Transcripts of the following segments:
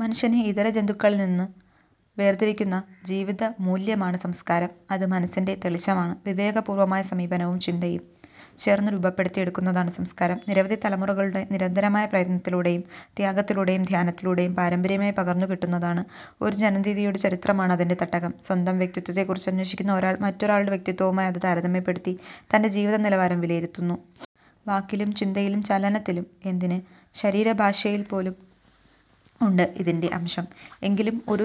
മനുഷ്യനെ ഇതര ജന്തുക്കളിൽനിന്ന് വേർതിരിക്കുന്ന ജീവിതമൂല്യ മാണ് സംസ്കാരം. അത് മനസ്സിന്റെ തെളിച്ചമാണ്. വിവേകപൂർവ്വമായ സമീപനവും ചിന്തയും ചേർന്ന് രൂപപ്പെടുത്തിയെടുക്കുന്നതാണ് സംസ്കാരം. നിരവധി തലമുറകളുടെ നിരന്തരമായ പ്രയത്നത്തിലൂ ടെയും ത്യാഗത്തിലൂടെയും ധ്യാനത്തിലൂടെയും പാരമ്പര്യമായി പകർന്നുകിട്ടുന്നതാണ്. ഒരു ജനതതിയുടെ ചരിത്രമാണ് അതിന്റെ തട്ടകം. സ്വന്തം വ്യക്തിത്വത്തെക്കുറിച്ച് അന്വേഷിക്കുന്ന ഒരാൾ മറ്റൊ രാളുടെ വ്യക്തിത്വവുമായി അത് താരതമ്യപ്പെടുത്തി തന്റെ ജീവിത നിലവാരം വിലയിരുത്തുന്നു. വാക്കിലും ചിന്തയിലും ചലനത്തിലും എന്തിന് ശരീരഭാഷയിൽപോലുമുണ്ട് ഇതിന്റെ അംശം. എങ്കിലും ഒരു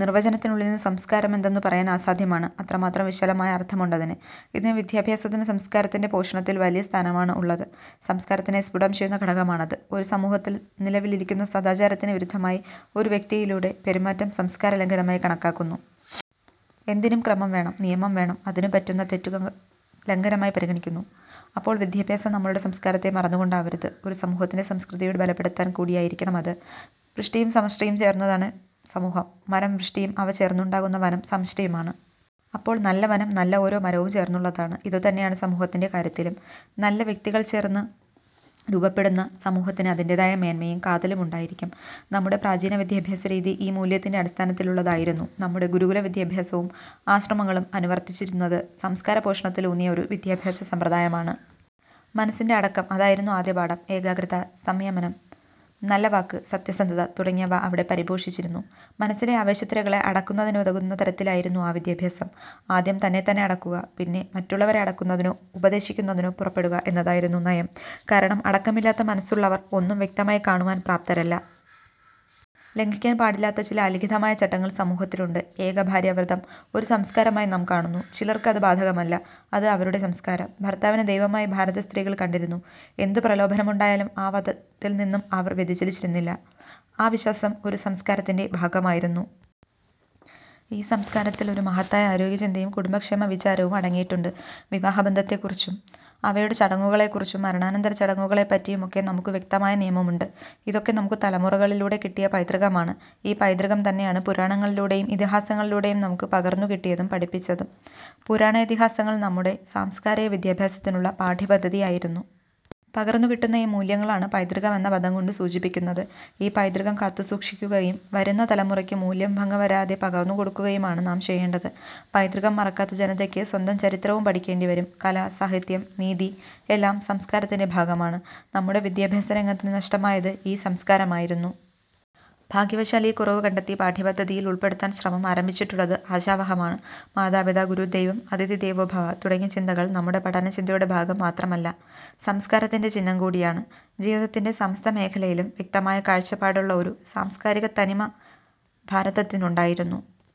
നിർവ്വചനത്തിനുള്ളിൽനിന്നു സംസ്കാരമെന്തെന്നു പറയാൻ അസാ ധ്യമാണ്. അത്രമാത്രം വിശാലമായ അർത്ഥമുണ്ടതിന്. ഇതിനു വിദ്യാ ഭ്യാസത്തിനു സംസ്കാരത്തിന്റെ പോഷണത്തിൽ വലിയ സ്ഥാനമാണ് ഉള്ളത്. സംസ്കാരത്തിനെ സ്ഫുടം ചെയ്യുന്ന ഘടകമാണത്. ഒരു സമൂഹത്തിൽ നിലവിലിരിക്കുന്ന സദാചാരത്തിനു വിരുദ്ധമായി ഒരു വ്യക്തിയിലൂടെ പെരുമാറ്റം സംസ്കാരലംഘനമായി കണക്കാക്കു ന്നു. എന്തിനും ക്രമം വേണം. നിയമം വേണം. അതിനു പറ്റുന്ന തെറ്റു കൾ ലംഘനമായി പരിഗണിക്കുന്നു. അപ്പോൾ വിദ്യാഭ്യാസം നമ്മുടെ സംസ്കാരത്തെ മറന്നുകൊണ്ടാവരുത്. ഒരു സമൂഹത്തിന്റെ സംസ്കൃതി യുടെ ബലപ്പെടുത്തൽ കൂടിയായിരിക്കണം അത്. വ്യഷ്ടിയും സമ ഷ്ടിയും ചേർന്നതാണ് സമൂഹം. മരം വ്യഷ്ടിയും അവ ചേർന്നുണ്ടാ കുന്ന വനം സമഷ്ടിയുമാണ്. അപ്പോൾ നല്ല വനം നല്ല ഓരോ മരവും ചേർന്നുള്ളതാണ്. ഇതുതന്നെയാണ് സമൂഹത്തിന്റെ കാര്യത്തിലും. നല്ല വ്യക്തികൾ ചേർന്ന് രൂപപ്പെടുന്ന സമൂഹത്തിന് അതിന്റേതായ മേന്മയും കാതലുമുണ്ടായിരിക്കും. നമ്മുടെ പ്രാചീനവിദ്യാഭ്യാസരീതി ഈ മൂല്യത്തിന്റെ അടിസ്ഥാന ത്തിലുള്ളതായിരുന്നു. നമ്മുടെ ഗുരുകുലവിദ്യാഭ്യാസവും ആശ്രമങ്ങ ളും അനുവർത്തിച്ചിരുന്നത് സംസ്കാരപോഷണത്തിൽ ഊന്നിയ ഒരു വിദ്യാഭ്യാസസമ്പ്രദായമാണ്. മനസ്സിന്റെ അടക്കം അതായിരുന്നു ആദ്യ പാഠം. ഏകാഗ്രത, സംയമനം, നല്ല വാക്ക്, സത്യസന്ധ്യത തുടങ്ങിയവ അവിടെ പരിപോഷിപ്പിച്ചിരുന്നു. മനസ്സിലെ ആവേശത്തിരകളെ അട ക്കുന്നതിനുതകുന്ന തരത്തിലായിരുന്നു ആ വിദ്യാഭ്യാസം. ആദ്യം തന്നെത്തന്നെ അടക്കുക പിന്നീട് മറ്റുള്ളവരെ അടക്കുന്നതിനോ ഉപ ദേശിക്കുന്നതിനോ പുറപ്പെടുക എന്നതായിരുന്നു നയം. കാരണം അട ക്കമില്ലാത്ത മനസ്സുള്ളവർ ഒന്നും വ്യക്തമായി കാണുവാൻ പ്രാപ്തരല്ല. ലംഘിക്കാൻ പാടില്ലാത്ത ചില അലിഖിതമായ ചട്ടങ്ങൾ സമൂഹത്തി ലുണ്ട്. ഏക ഭാര്യാവ്രതം ഒരു സംസ്കാരമായി നാം കാണുന്നു. ചിലർക്ക് അത് ബാധകമല്ല. അത് അവരുടെ സംസ്കാരം. ഭർത്താവിനെ ദൈവ മായി ഭാരതസ്ത്രീകൾ കണ്ടിരുന്നു. എന്തു പ്രലോഭനമുണ്ടായാലും ആ വതത്തിൽനിന്നും അവർ വ്യതിചലിച്ചിരുന്നില്ല. ആ വിശ്വാസം ഒരു സംസ്കാരത്തിന്റെ ഭാഗമായിരുന്നു. ഈ സംസ്കാരത്തിൽ ഒരു മഹ ത്തായ ആരോഗ്യചിന്തയും കുടുംബക്ഷേമവിചാരവും അടങ്ങിയിട്ടുണ്ട്. വിവാഹബന്ധത്തെക്കുറിച്ചും അവയുടെ ചടങ്ങുകളെക്കുറിച്ചും മര ണാനന്തരച്ചടങ്ങുകളെപ്പറ്റിയുമൊക്കെ നമുക്കു വ്യക്തമായ നിയമ മുണ്ട്. ഇതൊക്കെ നമുക്കു തലമുറകളിലൂടെ കിട്ടിയ പൈതൃകമാണ്. ഈ പൈതൃകംതന്നെയാണ് പുരാണങ്ങളിലൂടെയും ഇതിഹാസങ്ങളി ലൂടെയും നമുക്കു പകർന്നുകിട്ടിയതും പഠിപ്പിച്ചതും. പുരാണേതിഹാ സങ്ങൾ നമ്മുടെ സാംസ്കാരിക വിദ്യാഭ്യാസത്തിനുള്ള പാഠ്യപദ്ധതി യായിരുന്നു. പകർന്നുകിട്ടുന്ന ഈ മൂല്യങ്ങളാണ് പൈതൃകം എന്ന പദംകൊണ്ടു സൂചിപ്പിക്കുന്നത്. ഈ പൈതൃകം കാത്തുസൂക്ഷിക്കു കയും വരുന്ന തലമുറയ്ക്ക് മൂല്യഭംഗംവരാതെ പകർന്നുകൊടുക്കു കയുമാണ് നാം ചെയ്യേണ്ടത്. പൈതൃകം മറക്കാത്ത ജനതയ്ക്ക് സ്വന്തം ചരിത്രവും പഠിക്കേണ്ടിവരും. കല, സാഹിത്യം, നീതി എല്ലാം സംസ്കാ രത്തിന്റെ ഭാഗമാണ്. നമ്മുടെ വിദ്യാഭ്യാസരംഗത്തിനു നഷ്ടമായത് ഈ സംസ്കാരമായിരുന്നു. ഭാഗ്യവശാൽ ഈ കുറവു കണ്ടെത്തി പാഠ്യപദ്ധ തിയിൽ ഉൾപ്പെടുത്താൻ ശ്രമം ആരംഭിച്ചിട്ടുള്ളത് ആശാവഹമാണ്. "മാതാ പിതാ ഗുരു ദൈവം,' "അതിഥിദേവോ ഭവ' തുടങ്ങിയ ചിന്ത കൾ നമ്മുടെ പഠനചിന്തയുടെ ഭാഗം മാത്രമല്ല സംസ്കാരത്തിന്റെ ചിഹ്നംകൂടിയാണ്. ജീവിതത്തിന്റെ സമസ്ത മേഖലയിലും വ്യക്തമായ കാഴ്ചപ്പാടുള്ള ഒരു സാംസ്കാരികത്തനിമ ഭാരതത്തിനുണ്ടായിരുന്നു.